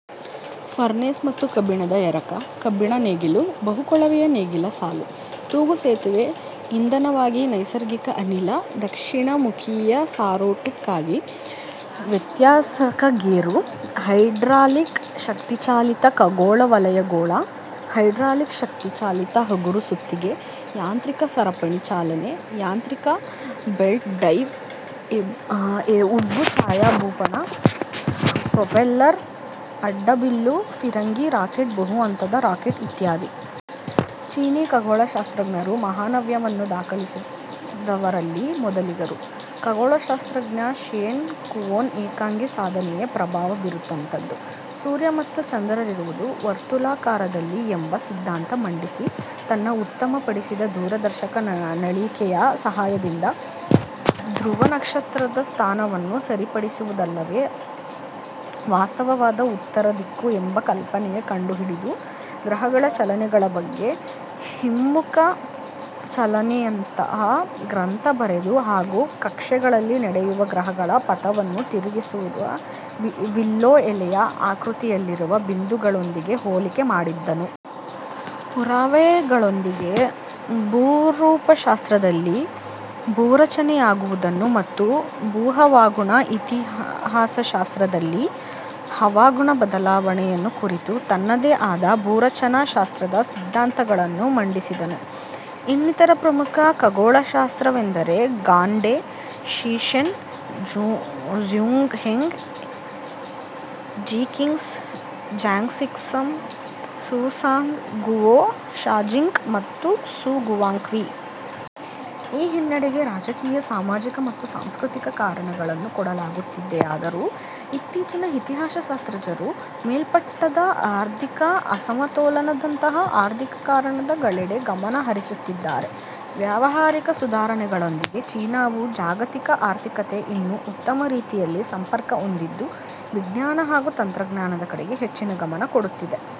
Furnace ಮತ್ತು ಕಬ್ಬಿಣದ ಎರಕ, ಕಬ್ಬಿಣ ನೇಗಿಲು, ಬಹು-ಕೊಳವೆಯ ನೇಗಿಲ ಸಾಲು, ತೂಗು ಸೇತುವೆ, ಇಂಧನವಾಗಿ ನೈಸರ್ಗಿಕ ಅನಿಲ, ದಕ್ಷಿಣ ಮುಖೀಯ ಸಾರೋಟು ಕ್ಕಾಗಿ ವ್ಯತ್ಯಾಸಕ ಗೇರು, ಹೈಡ್ರಾಲಿಕ್ ಶಕ್ತಿಚಾಲಿತ ಖಗೋಳ ವಲಯ ಗೋಳ, ಹೈಡ್ರಾಲಿಕ್-ಶಕ್ತಿ ಚಾಲಿತ ಹಗುರ ಸುತ್ತಿಗೆ, ಯಾಂತ್ರಿಕ ಸರಪಣಿ ಚಾಲನೆ, ಯಾಂತ್ರಿಕ ಬೆಲ್ಟ್ ಡ್ರೈವ್, ಉಬ್ಬು ಛಾಯಾ ಭೂಪಟ, ಪ್ರೊಪೆಲ್ಲರ್, ಅಡ್ಡಬಿಲ್ಲು, ಫಿರಂಗಿ, ರಾಕೆಟ್, ಬಹು ಹಂತದ ರಾಕೆಟ್ ಇತ್ಯಾದಿ. ಚೀನೀ ಖಗೋಳಶಾಸ್ತ್ರಜ್ಞರು ಮಹಾನವ್ಯ ವನ್ನು ದಾಖಲಿಸಿದವರಲ್ಲಿ ಮೊದಲಿಗರು. ಖಗೋಳಶಾಸ್ತ್ರಜ್ಞ ಶೆನ್ ಕುವೋನ ಏಕಾಂಗಿ ಸಾಧನೆಯೇ ಪ್ರಭಾವ ಬೀರುವಂತಹದ್ದು, ಸೂರ್ಯ ಮತ್ತು ಚಂದ್ರರಿರುವುದು ವರ್ತುಲಾಕಾರದಲ್ಲಿ ಎಂಬ ಸಿದ್ಧಾಂತ ಮಂಡಿಸಿ, ತನ್ನ ಉತ್ತಮಪಡಿಸಿದ ದೂರದರ್ಶಕ ನಳಿಕೆಯ ಸಹಾಯದಿಂದ ಧೃವ ನಕ್ಷತ್ರ ದ ಸ್ಥಾನವನ್ನು ಸರಿಪಡಿಸಿದುದಲ್ಲದೇ, ವಾಸ್ತವವಾದ ಉತ್ತರದಿಕ್ಕು ಎಂಬ ಕಲ್ಪನೆಯನ್ನು ಕಂಡುಹಿಡಿದು, ಗ್ರಹಗಳ ಚಲನೆಗಳ ಬಗ್ಗೆ ಹಿಮ್ಮುಖ ಚಲನೆಯಂತಹಾ ಗ್ರಂಥ ಬರೆದು, ಹಾಗೂ ಕಕ್ಷೆಗಳಲ್ಲಿ ನಡೆಯುವ ಗ್ರಹಗಳ ಪಥವನ್ನು ತಿರುಗುತ್ತಿರುವ ವಿಲ್ಲೋ ಎಲೆಯ ಆಕೃತಿಯಲ್ಲಿರುವ ಬಿಂದುಗಳೊಂದಿಗೆ ಹೋಲಿಕೆ ಮಾಡಿದ್ದನು. ಪುರಾವೆಗಳೊಂದಿಗೆ ಭೂರೂಪಶಾಸ್ತ್ರದಲ್ಲಿ ಭೂರಚನೆಯಾಗುವುದನ್ನು ಮತ್ತು ಭೂಹವಾಗುಣ ಇತಿಹಾಸಶಾಸ್ತ್ರ ದಲ್ಲಿ ಹವಾಗುಣ ಬದಲಾವಣೆಯನ್ನು ಕುರಿತು ತನ್ನದೇ ಆದ ಭೂರಚನಾ ಶಾಸ್ತ್ರದ ಸಿದ್ಧಾಂತಗಳನ್ನು ಮಂಡಿಸಿದನು. ಇನ್ನಿತರ ಪ್ರಮುಖ ಖಗೋಳಶಾಸ್ತ್ರಜ್ಞರೆಂದರೆ Gan De, Shi Shen, Zhang Heng, Yi Xing, Zhang Sixun, Su Song, Guo Shoujing, ಮತ್ತು ಕ್ಸು ಗುವಾಂಗ್ಕ್ವಿ. ಈ ಹಿನ್ನಡೆಗೆ ರಾಜಕೀಯ, ಸಾಮಾಜಿಕ ಮತ್ತು ಸಾಂಸ್ಕೃತಿಕ ಕಾರಣಗಳನ್ನು ಕೊಡಲಾಗುತ್ತಿದೆಯಾದರೂ, ಇತ್ತೀಚಿನ ಇತಿಹಾಸಶಾಸ್ತ್ರಜ್ಞರು ಮೇಲ್ಮಟ್ಟದ ಆರ್ಥಿಕ ಅಸಮತೋಲನದಂತಹಾ ಆರ್ಥಿಕ ಕಾರಣ ಗಳೆಡೆ ಗಮನ ಹರಿಸುತ್ತಿದ್ದಾರೆ. ವ್ಯಾವಹಾರಿಕ ಸುಧಾರಣೆಗಳೊಂದಿಗೆ ಚೀನಾವು ಜಾಗತಿಕ ಆರ್ಥಿಕತೆಗೆ ಇನ್ನೂ ಉತ್ತಮ ರೀತಿಯಲ್ಲಿ ಸಂಪರ್ಕ ಹೊಂದಿದ್ದು ವಿಜ್ಞಾನ ಹಾಗೂ ತಂತ್ರಜ್ಞಾನದ ಕಡೆ ಹೆಚ್ಚಿನ ಗಮನ ಕೊಡುತ್ತಿದೆ.